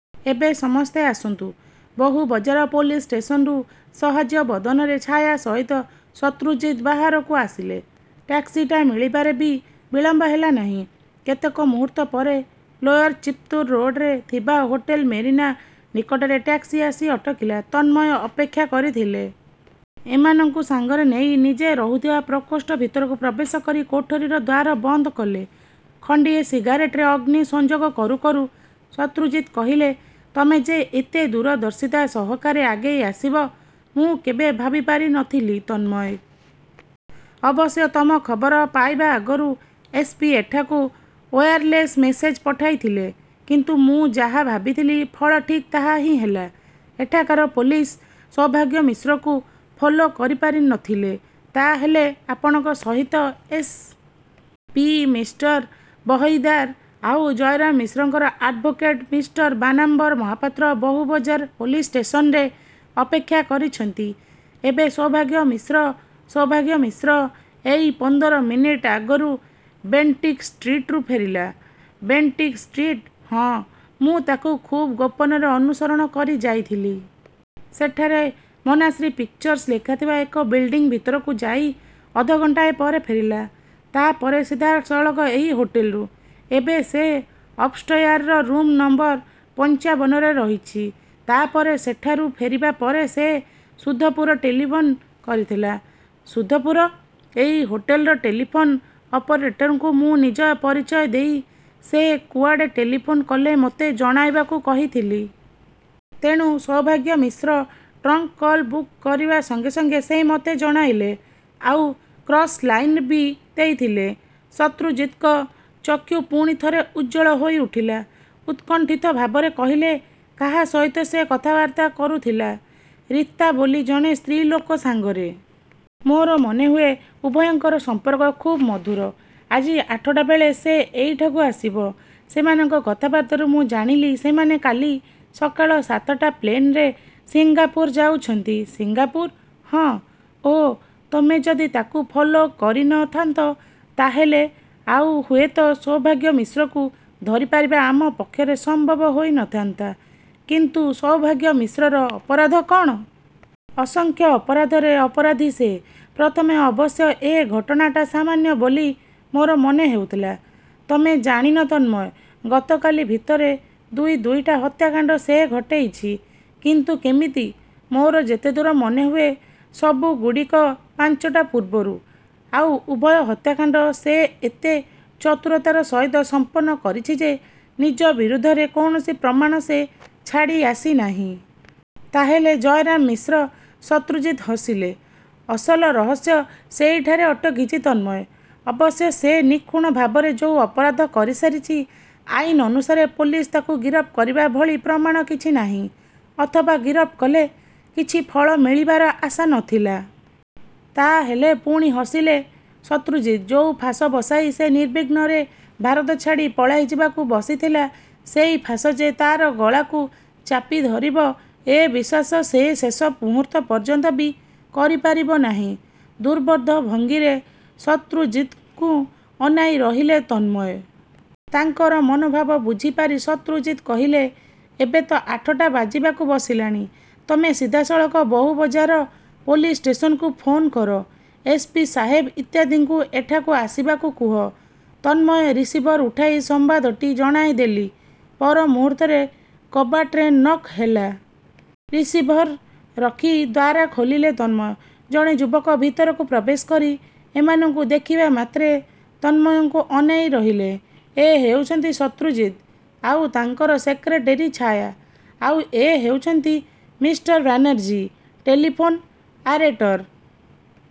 ଏବେ ସମସ୍ତେ ଆସନ୍ତୁ। ବହୁବଜାର ପୋଲିସ୍ ଷ୍ଟେସନ୍ ରୁ ସହାସ୍ୟ ବଦନରେ ଛାୟା ସହିତ ଶତ୍ରୁଜିତ୍ ବାହାରକୁ ଆସିଲେ। ଟ୍ୟାକ୍ସିଟା ମିଳିବାରେ ବି ବିଳମ୍ବ ହେଲା ନାହିଁ। କେତେକ ମୁହୂର୍ତ୍ତ ପରେ ଲୋଅର ଚିତ୍ପୁର ରୋଡରେ ଥିବା ହୋଟେଲ 'ମେରୀନା' ନିକଟରେ, ଟ୍ୟାକ୍ସି ଆସି ଅଟକିଲା ତନ୍ମୟ ଅପେକ୍ଷା କରିଥିଲେ। ଏମାନଙ୍କୁ ସାଙ୍ଗରେ ନେଇ ନିଜେ ରହୁଥିବା ପ୍ରକୋଷ୍ଠ ଭିତରେ ପ୍ରବେଶ କରି କୋଠରିର ଦ୍ୱାର ବନ୍ଦ କଲେ। ଖଣ୍ଡିଏ ସିଗାରେଟରେ ଅଗ୍ନି ସଂଯୋଗ କରୁକରୁ ଶତ୍ରୁଜିତ୍ କହିଲେ "ତମେ ଯେ ଏତେ ଦୂରଦର୍ଶିତା ସହକାରେ ଆଗେଇ ଆସିବ ମୁଁ କେବେ ଭାବି ପାରି ନ ଥିଲି, ତନ୍ମୟ! ଅବଶ୍ୟ ତମ ଖବର ପାଇବା ଆଗରୁ ଏସ୍. ପି. ଏଠାକୁ ଓୟାରଲେସ୍ ମେସେଜ୍ ପଠାଇଥିଲେ କିନ୍ତୁ ମୁଁ ଯାହା ଭାବିଥିଲି ଫଳ ଠିକ୍ ତାହା ହିଁ ହେଲା। ଏଠାକାର ପୋଲିସ୍ ସୌଭାଗ୍ୟ ମିଶ୍ରକୁ ଫଲୋ କରିପାରି ନ ଥିଲେ। ତା' ହେଲେ ଆପଣଙ୍କ ସହିତ ଏସ୍. ପି. ମିଷ୍ଟର ବହହିଦାର ଆଉ ଜୟରାମ ମିଶ୍ରଙ୍କର ଆଡ୍ଭୋକେଟ୍ ମିଷ୍ଟର ବାନାମ୍ବର ମହାପାତ୍ର ବହୁ ବଜାର ପୋଲିସ୍ ଷ୍ଟେସନ ରେ ଅପେକ୍ଷା କରିଛନ୍ତି। ଏବେ ସୌଭାଗ୍ୟ ମିଶ୍ର ସୌଭାଗ୍ୟ ମିଶ୍ର ଏଇ ପଂଦର ମିନିଟ୍ ଆଗରୁ ବେଣ୍ଟିକ ଷ୍ଟ୍ରିଟରୁ ଫେରିଲା। Bentinck street? ହଁ, ମୁଁ ତାକୁ ଖୁବ୍ ଗୋପନରେ ଅନୁସରଣ କରି ଯାଇଥିଲି। ସେଠାରେ ''ମନାଶ୍ରୀ ପିକ୍ଚର୍ସ'' ଲେଖାଥିବା ଏକ ବିଲଡ଼ିଂ ଭିତରକୁ ଯାଇ ଅଧଘଣ୍ଟାଏ ପରେ ଫେରିଲା। ତା'ପରେ ସିଧାସଳଖ ଏହି ହୋଟେଲ୍କୁ। ଏବେ ସେ ଅପ୍ ଷ୍ଟୟାରର ରୂମ୍ ନଂ ପଂଚାବନରେ ରହିଛି। ତା'ପରେ ସେଠାରୁ ଫେରିବା ପରେ ସେ ସୁଧପୁର ଟେଲିଫୋନ କରିଥିଲା। ସୁଧପୁର? ଏଇ ହୋଟେଲର ଟେଲିଫୋନ ଅପରେଟରଙ୍କୁ ମୁଁ ନିଜର ପରିଚୟ ଦେଇ, ସେ କୁଆଡ଼େ ଟେଲିଫୋନ କଲେ ମୋତେ ଜଣାଇବାକୁ କହିଥିଲି। ତେଣୁ ସୌଭାଗ୍ୟ ମିଶ୍ର ଟ୍ରଙ୍କକଲ୍ ବୁକ୍ କରିବା ସଙ୍ଗେ ସଙ୍ଗେ ସେ ମେତେ ଜଣାଇଲେ। ଆଉ କ୍ରସ୍ ଲାଇନ ବି ଦେଇଥିଲେ। ଶତ୍ରୁଜିତ୍ଙ୍କ ଚକ୍ଷୁ ପୁଣି ଥରେ ଉଜ୍ୱଳ ହୋଇଉଠିଲା। ଉତ୍କଣ୍ଠିତ ଭାବରେ କହିଲେ "କାହା ସହିତ ସେ କଥାବାର୍ତ୍ତା କରୁଥିଲା? ରୀତା ବୋଲି ଜଣେ ସ୍ତ୍ରୀଲୋକ ସାଙ୍ଗରେ। ମୋର ମନେହୁଏ ଉଭୟଙ୍କର ସମ୍ପର୍କ ଖୁବ୍ ମଧୁର। ଆଜି ଆଠଟାବେଳେ ସେ ଏଇଠାକୁ ଆସିବ। ସେମାନଙ୍କ କଥାବାର୍ତ୍ତାରୁ ମୁଁ ଜାଣିଲି ସେମାନେ କାଲି ସକାଳ ସାତଟା ପ୍ଲେନ୍ରେ ସିଙ୍ଗାପୁର ଯାଉଛନ୍ତି। ସିଙ୍ଗାପୁର? ହଁ। ଓଃ! ତମେ ଯଦି ତାକୁ ଫଲୋ କରି ନ ଥା'ନ୍ତ ତା'ହେଲେ ଆଉ ହୁଏତ ସୌଭାଗ୍ୟ ମିଶ୍ରକୁ ଧରିପାରିବା ଆମ ପକ୍ଷରେ ସମ୍ଭବ ହୋଇ ନ ଥାନ୍ତା କିନ୍ତୁ ସୌଭାଗ୍ୟ ମିଶ୍ରର ଅପରାଧ କ'ଣ? ଅସଂଖ୍ୟ ଅପରାଧରେ ଅପରାଧୀ ସେ। ପ୍ରଥମେ ଅବଶ୍ୟ ଏ ଘଟଣାଟା ସାମାନ୍ୟ ବୋଲି ମୋର ମନେ ହେଉଥିଲା। ତମେ ଜାଣିନ, ତନ୍ମୟ, ଗତକାଲି ଭିତରେ ଦୁଇ ଦୁଇଟା ହତ୍ୟାକାଣ୍ତ ସେ ଘଟେଇଛି। କିନ୍ତୁ କେମିତି? ମୋର ଯେତେଦୂର ମନେହୁଏ ସବୁଗୁଡ଼ିକ ପାଞ୍ଚଟା ପୂର୍ବରୁ। ଆଉ ଉଭୟ ହତ୍ୟାକାଣ୍ତ ସେ ଏତେ ଚତୁରତାର ସହିତ ସମ୍ପନ୍ନ କରିଛି ଯେ ନିଜ ବିରୁଦ୍ଧରେ କୌଣସି ପ୍ରମାଣ ସେ ଛାଡ଼ି ଆସି ନାହିଁ। ତା'ହେଲେ ଜୟରାମ ମିଶ୍ର ଶତ୍ରୁଜିତ୍ ହସିଲେ। ଅସଲ ରହସ୍ୟ ସେଇଠାରେ ଅଟକିଛି, ତନ୍ମୟ! ଅବଶ୍ୟ ସେ ନିଖୁଣ ଭାବରେ ଯୋଉ ଅପରାଧ କରିସାରିଛି, ଆଇନ ଅନୁସାରେ ପୋଲିସ ତାକୁ ଗିରଫ କରିବା ଭଳି ପ୍ରମାଣ କିଛି ନାହିଁ। ଅଥବା ଗିରଫ କଲେ କିଛି ଫଳ ମିଳିବାର ଆଶା ନ ଥିଲା। ତା'ହେଲେ ପୁଣି ହସିଲେ ଶତ୍ରୁଜିତ୍। ଯୋଉ ଫାଶ ବସାଇ ସେ ନିର୍ବିଘ୍ନରେ ଭାରତ ଛାଡ଼ି ପଳାଇଯିବାକୁ ବସିଥିଲା, ସେଇ ଫାଶ ଯେ ତା'ର ଗଳାକୁ ଚାପି ଧରିବ ଏ ବିଶ୍ୱାସ ସେ ଶେଷ ମୁହୂର୍ତ୍ତ ପର୍ଯ୍ୟନ୍ତ ବି କରିପାରିବ ନାହିଁ। ଦୁର୍ବୋଧ୍ୟ ଭଙ୍ଗୀରେ ଶତ୍ରଜିତ୍ଙ୍କୁ ଅନାଇ ରହିଲେ ତନ୍ମୟ। ତାଙ୍କର ମନୋଭାବ ବୁଝିପାରି ଶତ୍ରୁଜିତ୍ କହିଲେ " ଏବେ ତ ଆଠଟା ବାଜିବାକୁ ବସିଲାଣି। ତମେ ସିଧାସଳଖ ବହୁବଜାର ପୋଲିସ ଷ୍ଟେସନକୁ ଫୋନ୍ କରି ଏସ. ପି. ସାହେବ ଇତ୍ୟାଦିଙ୍କୁ ଏଠାକୁ ଆସିବାକୁ କୁହ। ତନ୍ମୟ ରିସିଭର ଉଠାଇ ସମ୍ୱାଦଟି ଜଣାଇଦେଲି। ପର ମୁହୂର୍ତ୍ତରେ କବାଟରେ ନକ୍ ହେଲା। ରିସିଭର ରଖି ଦ୍ୱାରା ଖୋଲିଲେ ତନ୍ମୟ। ଜଣେ ଯୁବକ ଭିତରକୁ ପ୍ରବେଶ କରି ଏମାନଙ୍କୁ ଦେଖିବା ମାତ୍ରେ ତନ୍ମୟଙ୍କୁ ଅନାଇ ରହିଲେ। ଏ ହେଉଛନ୍ତି ଶତ୍ରୁଜିତ୍ ଆଉ ତାଙ୍କର ସେକ୍ରେଟେରୀ ଛାୟା। ଆଉ ଏ ହେଉଛନ୍ତି ମିଷ୍ଟର ବାନାର୍ଜୀ, ଟେଲିଫୋନ୍ ଆରେଟର।